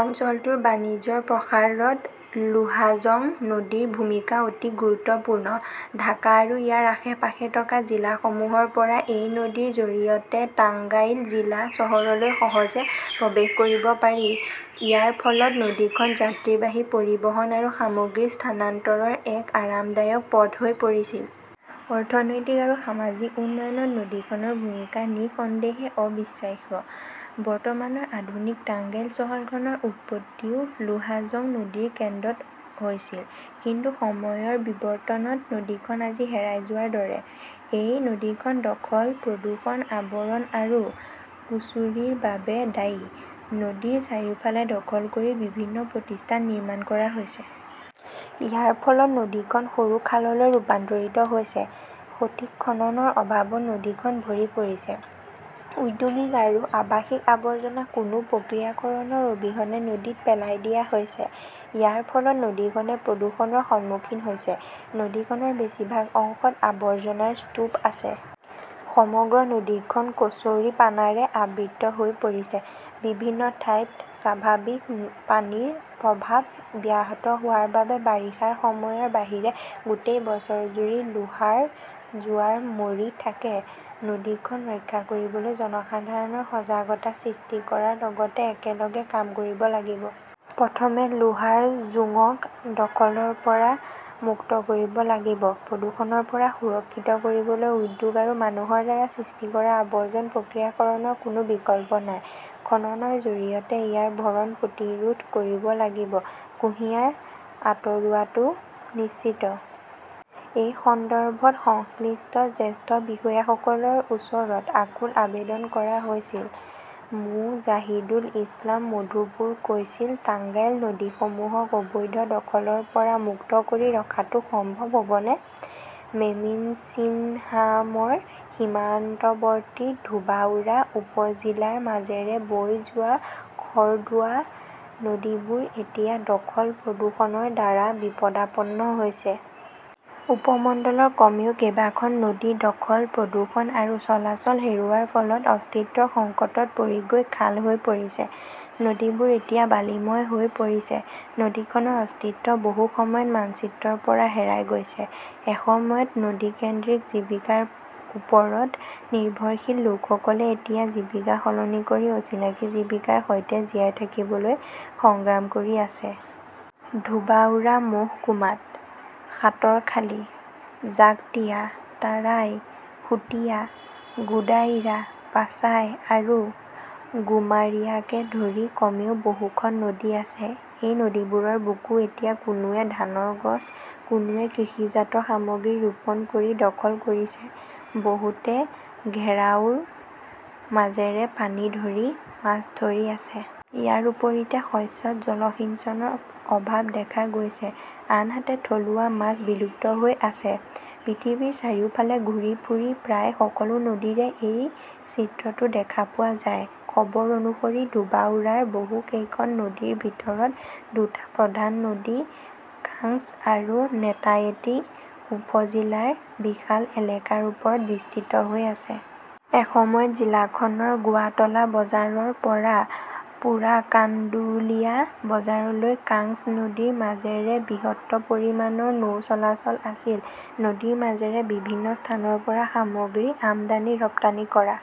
অঞ্চলটোৰ বাণিজ্যৰ প্ৰসাৰত লোহাজং নদীৰ ভূমিকা অতি গুৰুত্বপূৰ্ণ। ঢাকা আৰু ইয়াৰ আশে-পাশে থকা জিলাসমূহৰ পৰা এই নদীৰ জৰিয়তে টাঙ্গাইল জিলা চহৰলৈ সহজে প্ৰৱেশ কৰিব পাৰি। ইয়াৰ ফলত নদীখন যাত্ৰীবাহী পৰিবহণ আৰু সামগ্ৰী স্থানান্তৰৰ এক আৰামদায়ক পথ হৈ পৰিছিল। অৰ্থনৈতিক আৰু সামাজিক উন্নয়নত নদীখনৰ ভূমিকা নিঃসন্দেহে অবিশ্বাস্য। বৰ্তমানৰ আধুনিক টাঙ্গাইল চহৰখনৰ উৎপত্তিও লোহাজং নদীৰ কেন্দ্ৰত হৈছিল। কিন্তু সময়ৰ বিবৰ্তনত নদীখন আজি হেৰাই যোৱাৰ দৰে। এই নদীখন দখল, প্ৰদূষণ, আৱৰণ আৰু কুচুৰিৰ বাবে দায়ী। নদীৰ চাৰিওফাল দখল কৰি বিভিন্ন প্ৰতিষ্ঠান নিৰ্মাণ কৰা হৈছে। ইয়াৰ ফলত নদীখন সৰু খাললৈ ৰূপান্তৰিত হৈছে। সঠিক খননৰ অভাৱত নদীখন ভৰি পৰিছে। ঔদ্যোগিক আৰু আৱাসিক আৱৰ্জনা কোনো প্ৰক্ৰিয়াকৰণৰ অবিহনে নদীত পেলাই দিয়া হৈছে। ইয়াৰ ফলত নদীখনে প্ৰদূষণৰ সন্মুখীন হৈছে। নদীখনৰ বেছিভাগ অংশত আৱৰ্জনাৰ স্তূপ আছে। সমগ্ৰ নদীখন কচৌৰিপানাৰে আবৃত হৈ পৰিছে। বিভিন্ন ঠাইত স্বাভাৱিক পানীৰ প্ৰৱাহ ব্যাহত হোৱাৰ বাবে বাৰিষাৰ সময়ৰ বাহিৰে গোটেই বছৰজুৰি লোহাৰ জোৱাৰ মৰি থাকে। নদীখন ৰক্ষা কৰিবলৈ জনসাধাৰণৰ সজাগতা সৃষ্টি কৰাৰ লগতে একেলগে কাম কৰিব লাগিব। প্ৰথমে লোহাৰ জোঙক দখলৰ পৰা মুক্ত কৰিব লাগিব। প্ৰদূষণৰ পৰা সুৰক্ষিত কৰিবলৈ উদ্যোগ আৰু মানুহৰ দ্বাৰা সৃষ্টি কৰা আৱৰ্জনা প্ৰক্ৰিয়াকৰণৰ কোনো বিকল্প নাই। খননৰ জৰিয়তে ইয়াৰ ভৰণ প্ৰতিৰোধ কৰিব লাগিব। কুঁহিয়াৰ আঁতৰোৱাটো নিশ্চিত। এই সন্দৰ্ভত সংশ্লিষ্ট জ্যেষ্ঠ বিষয়াসকলৰ ওচৰত আকুল আবেদন কৰা হৈছিল। মো. জাহিদুল ইছলাম মধুপুৰ কৈছিল টাঙ্গাইল নদীসমূহক অবৈধ দখলৰ পৰা মুক্ত কৰি ৰখাটো সম্ভৱ হবনে? মেমিন্সিংহামৰ সীমান্তৱৰ্তী ধোবাউৰা উপ-জিলাৰ মাজেৰে বৈ যোৱা খৰ্দুৱা নদীবোৰ এতিয়া দখল-প্ৰদূষণৰ দ্বাৰা বিপদাপন্ন হৈছে। উপমণ্ডলৰ কমেও কেইবা খন নদী দখল, প্ৰদূষণ আৰু চলাচল হেৰুওৱাৰ ফলত অস্তিত্বৰ সংকটত মৰি গৈ খাল হৈ পৰিছে। নদীবোৰ এতিয়া বালিময় হৈ পৰিছে। নদীখনৰ অস্তিত্ব বহু সময়ত মানচিত্ৰৰ পৰা হেৰাই গৈছে। এসময়ত নদী-কেন্দ্ৰিক জীৱিকাৰ ওপৰত নিৰ্ভৰশীল লোকসকলে এতিয়া জীৱিকা সলনি কৰি অচিনাকি জীৱিকাৰ সৈতে জীয়াই থাকিবলৈ সংগ্ৰাম কৰি আছে। ধোবাউৰা মহকুমাত সাতৰখালী, ঘাগটিয়া, তাৰাই, সুতিয়া, গুদাইৰা, পাচাই আৰু গুমাৰিয়াকে ধৰি কমেও বহু খন নদী আছে। এই নদীবোৰৰ বুকু এতিয়া কোনোৱে ধানৰ গছ, কোনোৱে কৃষিজাত সামগ্ৰী ৰোপণ কৰি দখল কৰিছে। বহুতে ঘেৰাওৰ মাজেৰে পানী ধৰি মাছ ধৰি আছে। ইয়াৰ ওপৰীতে শস্যত জলসিঞ্চনৰ অভাৱ দেখা গৈছে, আনহাতে থলুৱা মাছ বিলুপ্ত হৈ আছে। পৃথিৱীৰ চাৰিওফালে ঘূৰি ফুৰি প্ৰায় সকলো নদীৰে এই চিত্ৰটো দেখা পোৱা যায়। খবৰ অনুসৰি, ধোবাউৰাৰ বহু কেইখন নদীৰ ভিতৰত দুটা প্ৰধান নদী কাংছ আৰু নেতায়েতি উপ জিলাৰ বিশাল এলেকাৰ ওপৰত বিস্তৃত হৈ আছে। এসময়ত জিলাখনৰ গোৱাটলা বজাৰৰ পৰা পোৰাকাণ্ডুলিয়া বজাৰলৈ কাংছ নদীৰ মাজেৰে বৃহৎ পৰিমাণৰ নৌ চলাচল আছিল। নদীৰ মাজেৰে বিভিন্ন স্থানৰ পৰা সামগ্ৰী আমদানি-ৰপ্তানি কৰা